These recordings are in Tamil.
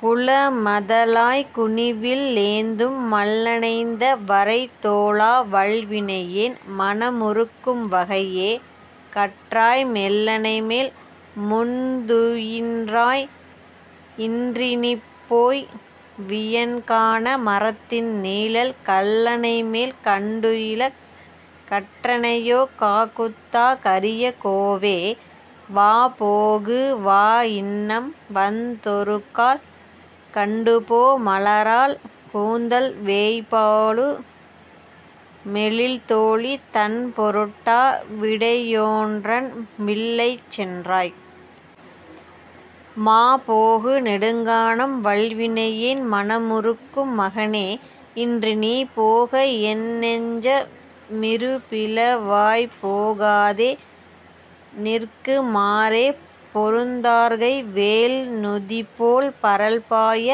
குலமதலாய் குனிவில் லேந்தும் மல்லணைந்த வரைத்தோளா வல்வினையேன் மனமுருக்கும் வகையே கற்றாய் மெல்லணைமேல் முன்துயின்றாய் இன்றினிப்போய் வியன்கான மரத்தின் நீழல் கல்லணைமேல் கண்டுயிலக் கற்றனையோ காகுத்தா கரிய கோவே வாபோகு வாஇன்னம் வந்தொருகால் கண்டுபோ மலராள் கூந்தல் வேய்போலு மெழில்தோளி தன்பொருட்டா விடையோன்றன் வில்லைச் செந்றாய் மாபோகு நெடுங்கானம் வல்வினையேன் மனமுருக்கும் மகனே இன்று நீபோக என்னெஞ்ச மிருபிளவாய்ப் போகாதே நிற்கு மாறே பொருந்தார்கை வேல்நுதிபோல் பரல்பாய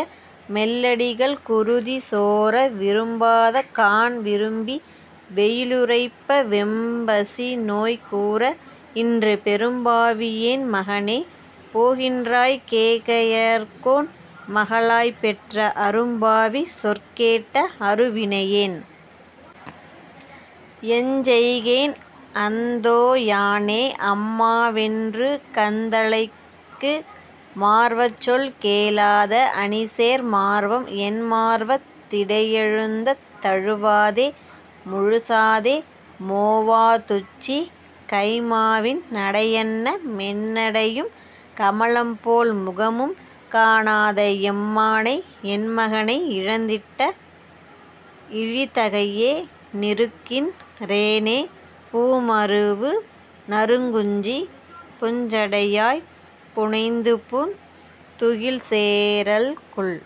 மெல்லடிகள் குருதி சோர விரும்பாத கான்விரும்பி வெயிலுறைப்ப வெம்பசிநோய் கூர இன்று பெரும்பாவி யேன்மகனே போகின்றாய் கேகயர்கோன் மகளாய்ப் பெற்ற அரும்பாவி சொற்கேட்ட அருவினையேன் எஞ்செய்கேன் அந்தோ யானே அம்மாவென் றுகந்தழைக்கு மார்வச்சொல் கேளாதே அணிசேர் மார்வம் என்மார்வத் திடையழுந்தத் தழுவாதே முழுசாதே மோவா துச்சி கைம்மாவின் நடையன்ன மென்னடையும் கமலம்போல் முகமும் காணாது எம்மானை யென்மகனை யிழந்திட்ட இழிதகையே னிருக்கின் றேனே பூமருவு நறுங்குஞ்சி புஞ்சடையாய்ப் புனைந்துபூந் துகில்சே ரல்குல்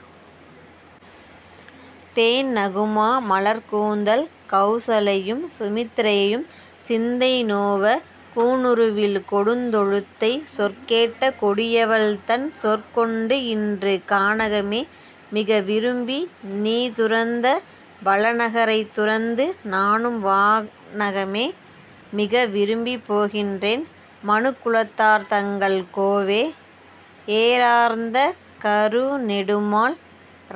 தேன்நகுமா மலர்க்கூந்தல் கௌசலையும் சுமித்திரையும் சிந்தை நோவ கூனுருவில் கொடுந்தொழுத்தை சொற்கேட்ட கொடியவள்தன் சொற்கொண்டு இன்று கானகமே மிகவிரும்பி நீதுறந்த வளநகரைத் துறந்து நானும் வானகமே மிகவிரும்பிப் போகின்றேன் மனுகுலத்தார் தங்கள் கோவே ஏரார்ந்த கருநெடுமால்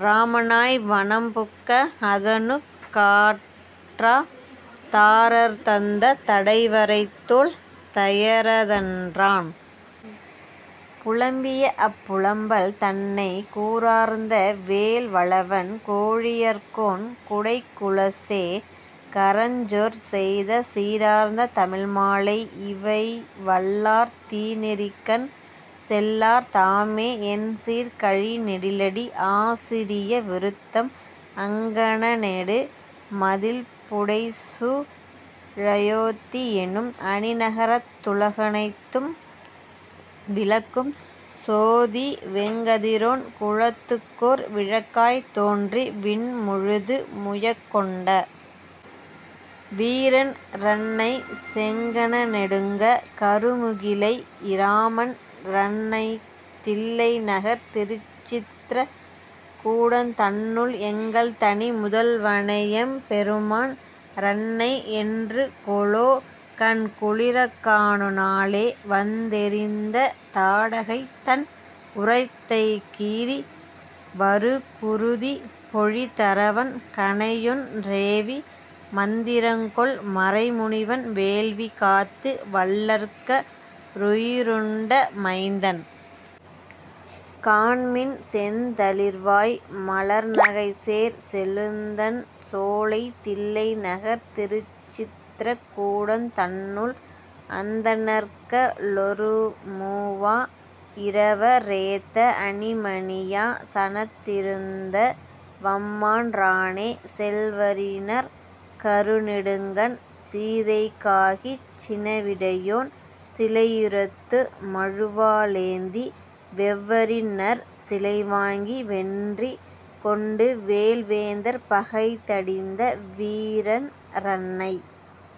இராமனாய் வனம்புக்க அதனுக் காற்றா தாரர்ந்தந்த தடவரைத்தோள் தயரதன்றான் புலம்பியஅப் புலம்பல் தன்னை கூரார்ந்த வேல்வலவன் கோழியர்கோன் குடைக்குலசே கரஞ்சொற் செய்த சீரார்ந்த தமிழ்மாலை யிவைவல்லார் தீநெறிக்கண் செல்லார் தாமே எண்சீர்க் கழிநெடிலடி ஆசிரிய விருத்தம் அங்கணெடு மதிள்புடைசூ ழயோத்தி யென்னும் அணிநகரத் துலகனைத்தும் விளக்கும் சோதி வெங்கதிரோன் குலத்துக்கோர் விளக்காய்த் தோன்றி விண்முழுது முயக்கொண்ட வீரன் றன்னை, செங்கணெடுங் கருமகிலை யிராமன் றன்னைத் தில்லைநகர்த் திருச்சித்ர கூடந் தன்னுள் எங்கள்தனி முதல்வனையெம் பெருமான் றன்னை என்றுகொலோ கண்குளிரக் காணு நாளே வந்தெதிர்ந்த தாடகைதன் உரத்தைக் கீறி வருகுருதி பொழிதரவன் கணையொன் றேவி மந்திரங்கொள் மறைமுனிவன் வேள்வி காத்து வல்லரக்க ருயிருண்ட மைந்தன் காண்மின் செந்தளிர்வாய் மலர்நகைசேர் செழுந்தண் சோலைத் தில்லைநகர்த் திருச்சித்ர கூடந் தன்னுள் அந்தணர்க ளொருமூவா யிரவ ரேத்த அணிமணியா சனத்திருந்த வம்மான் றானே செல்வரிநற் கருநெடுங்கண் சீதைக் காகிச் சினவிடையோன் சிலையிறுத்து மழுவா ளேந்தி வெவ்வரிநற் சிலைவாங்கி வென்றி கொண்டு வேல்வேந்தர் பகைதடிந்த வீரன் றன்னை